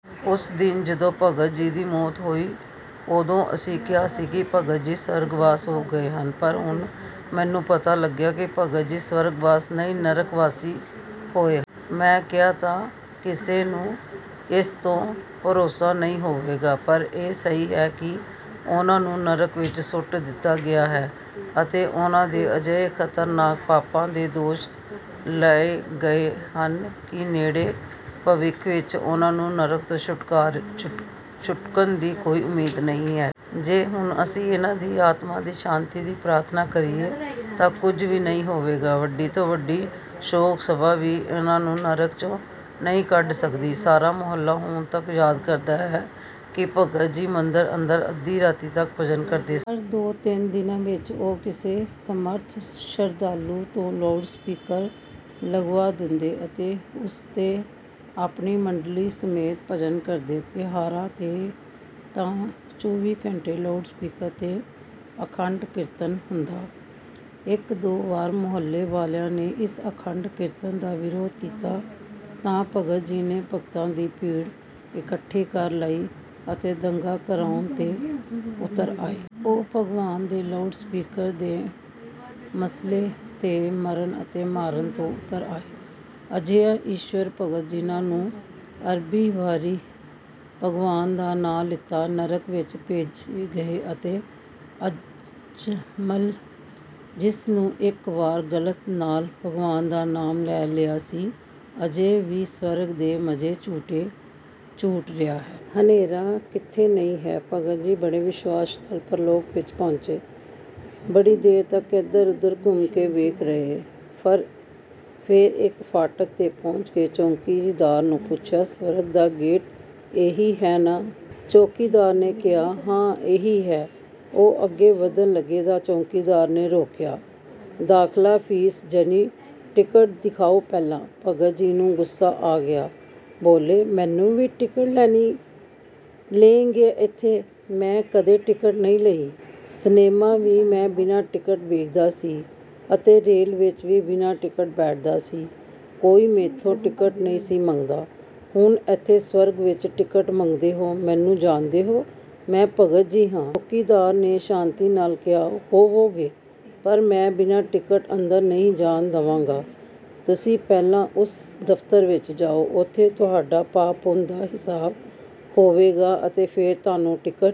ਉਸ ਦਿਨ ਜਦੋਂ ਭਗਤ ਜੀ ਦੀ ਮੌਤ ਹੋਈ, ਉਦੋਂ ਅਸੀਂ ਕਿਹਾ ਸੀ ਕਿ ਭਗਤ ਜੀ ਸਵਰਗਵਾਸ ਹੋ ਗਏ ਹਨ। ਪਰ ਹੁਣ ਮੈਨੂੰ ਪਤਾ ਲੱਗਿਆ ਹੈ ਕਿ ਭਗਤ ਜੀ ਸਵਰਗਵਾਸ ਨਹੀਂ, ਨਰਕਵਾਸੀ ਹੋਏ ਹਨ। ਮੈਂ ਕਹਾਂ ਤਾਂ ਕਿਸੇ ਨੂੰ ਇਸ 'ਤੇ ਭਰੋਸਾ ਨਹੀਂ ਹੋਵੇਗਾ, ਪਰ ਇਹ ਸਹੀ ਹੈ ਕਿ ਉਨ੍ਹਾਂ ਨੂੰ ਨਰਕ ਵਿੱਚ ਸੁੱਟ ਦਿੱਤਾ ਗਿਆ ਹੈ ਅਤੇ ਉਨ੍ਹਾਂ 'ਤੇ ਅਜਿਹੇ ਖ਼ਤਰਨਾਕ ਪਾਪਾਂ ਦੇ ਦੋਸ਼ ਲਾਏ ਗਏ ਹਨ ਕਿ ਨੇੜੇ ਭਵਿੱਖ ਵਿੱਚ ਉਨ੍ਹਾਂ ਦੇ ਨਰਕ ਤੋਂ ਛੁੱਟਣ ਦੀ ਕੋਈ ਉਮੀਦ ਨਹੀਂ ਹੈ। ਜੇ ਹੁਣ ਅਸੀਂ ਉਨ੍ਹਾਂ ਦੀ ਆਤਮਾ ਦੀ ਸ਼ਾਂਤੀ ਦੀ ਪ੍ਰਾਰਥਨਾ ਕਰੀਏ ਤਾਂ ਵੀ ਕੁਝ ਨਹੀਂ ਹੋਵੇਗਾ। ਵੱਡੀ ਤੋਂ ਵੱਡੀ ਸ਼ੋਕ-ਸਭਾ ਵੀ ਉਨ੍ਹਾਂ ਨੂੰ ਨਰਕ 'ਚੋਂ ਨਹੀਂ ਕੱਢ ਸਕਦੀ। ਸਾਰਾ ਮੁਹੱਲਾ ਹੁਣ ਤੱਕ ਯਾਦ ਕਰਦਾ ਹੈ ਕਿ ਭਗਤ ਜੀ ਮੰਦਿਰ ਵਿੱਚ ਅੱਧੀ ਰਾਤ ਤੱਕ ਭਜਨ ਕਰਦੇ ਸਨ। ਹਰ ਦੋ-ਤਿੰਨ ਦਿਨਾਂ ਵਿੱਚ ਉਹ ਕਿਸੇ ਸਮਰੱਥ ਸ਼ਰਧਾਲੂ ਤੋਂ ਲਾਊਡ ਸਪੀਕਰ ਲਗਵਾ ਦਿੰਦੇ ਅਤੇ ਉਸ 'ਤੇ ਆਪਣੀ ਮੰਡਲੀ ਸਮੇਤ ਭਜਨ ਕਰਦੇ। ਤਿਉਹਾਰਾਂ 'ਤੇ ਤਾਂ ਚੌਵੀ ਘੰਟੇ ਲਾਊਡ ਸਪੀਕਰ 'ਤੇ ਅਖੰਡ ਕੀਰਤਨ ਹੁੰਦਾ। ਇੱਕ-ਦੋ ਵਾਰ ਮੁਹੱਲੇ ਵਾਲਿਆਂ ਨੇ ਇਸ ਅਖੰਡ ਕੀਰਤਨ ਦਾ ਵਿਰੋਧ ਕੀਤਾ ਤਾਂ ਭਗਤ ਜੀ ਨੇ ਭਗਤਾਂ ਦੀ ਭੀੜ ਇਕੱਠੀ ਕਰ ਲਈ ਅਤੇ ਦੰਗਾ ਕਰਵਾਉਣ 'ਤੇ ਉਤਰ ਆਏ। ਉਹ ਭਗਵਾਨ ਦੇ ਲਾਊਡ ਸਪੀਕਰ ਦੇ ਮਸਲੇ 'ਤੇ ਮਰਨ ਅਤੇ ਮਾਰਨ 'ਤੇ ਉਤਰ ਆਏ ਸਨ। ਅਜਿਹੇ ਈਸ਼ਵਰ ਭਗਤ, ਜਿਨ੍ਹਾਂ ਨੇ ਅਰਬਾਂ ਵਾਰੀ ਭਗਵਾਨ ਦਾ ਨਾਂ ਲਿਆ, ਨਰਕ ਵਿੱਚ ਭੇਜੇ ਗਏ ਅਤੇ ਅਜਾਮਲ, ਜਿਸ ਨੇ ਇੱਕ ਵਾਰ ਗ਼ਲਤੀ ਨਾਲ ਭਗਵਾਨ ਦਾ ਨਾਮ ਲੈ ਲਿਆ ਸੀ, ਅਜੇ ਵੀ ਸਵਰਗ ਦੇ ਮਜ਼ੇ ਲੁੱਟ ਰਿਹਾ ਹੈ। ਹਨੇਰ ਕਿੱਥੇ ਨਹੀਂ ਹੈ! ਭਗਤ ਜੀ ਬੜੇ ਵਿਸ਼ਵਾਸ ਨਾਲ ਪ੍ਰਲੋਕ ਵਿੱਚ ਪਹੁੰਚੇ। ਬੜੀ ਦੇਰ ਤੱਕ ਇਧਰ-ਉਧਰ ਘੁੰਮ ਕੇ ਵੇਖਦੇ ਰਹੇ। ਫਿਰ ਇੱਕ ਫਾਟਕ 'ਤੇ ਪਹੁੰਚ ਕੇ ਚੌਕੀਦਾਰ ਨੂੰ ਪੁੱਛਿਆ, "ਸਵਰਗ ਦਾ ਗੇਟ ਇਹੀ ਹੈ ਨਾ?" ਚੌਕੀਦਾਰ ਨੇ ਕਿਹਾ, "ਹਾਂ, ਇਹੀ ਹੈ।" ਉਹ ਅੱਗੇ ਵਧਣ ਲੱਗੇ ਤਾਂ ਚੌਕੀਦਾਰ ਨੇ ਰੋਕਿਆ, "ਦਾਖਲਾ ਪਾਸ, ਯਾਨੀ ਟਿਕਟ ਦਿਖਾਓ ਪਹਿਲਾਂ!" ਭਗਤ ਜੀ ਨੂੰ ਗੁੱਸਾ ਆ ਗਿਆ। ਬੋਲੇ, "ਮੈਨੂੰ ਵੀ ਟਿਕਟ ਲੱਗੇਗੀ ਇੱਥੇ? ਮੈਂ ਕਦੇ ਟਿਕਟ ਨਹੀਂ ਲਈ। ਸਿਨਮਾ ਵੀ ਮੈਂ ਬਿਨਾਂ ਟਿਕਟ ਵੇਖਦਾ ਸੀ ਅਤੇ ਰੇਲ ਵਿੱਚ ਵੀ ਬਿਨਾਂ ਟਿਕਟ ਬੈਠਦਾ ਸੀ। ਕੋਈ ਮੈਥੋਂ ਟਿਕਟ ਨਹੀਂ ਸੀ ਮੰਗਦਾ। ਹੁਣ ਇੱਥੇ ਸਵਰਗ ਵਿੱਚ ਟਿਕਟ ਮੰਗਦੇ ਹੋ? ਮੈਨੂੰ ਜਾਣਦੇ ਹੋ? ਮੈਂ ਭਗਤ ਜੀ ਹਾਂ।" ਚੌਕੀਦਾਰ ਨੇ ਸ਼ਾਂਤੀ ਨਾਲ ਕਿਹਾ, "ਹੋਵੋਗੇ। ਪਰ ਮੈਂ ਬਿਨਾਂ ਟਿਕਟ ਅੰਦਰ ਨਹੀਂ ਜਾਣ ਦਵਾਂਗਾ। ਤੁਸੀਂ ਪਹਿਲਾਂ ਉਸ ਦਫ਼ਤਰ ਵਿੱਚ ਜਾਓ। ਉੱਥੇ ਤੁਹਾਡੇ ਪਾਪ-ਪੁੰਨ ਦਾ ਹਿਸਾਬ ਹੋਵੇਗਾ ਅਤੇ ਫਿਰ ਤੁਹਾਨੂੰ ਟਿਕਟ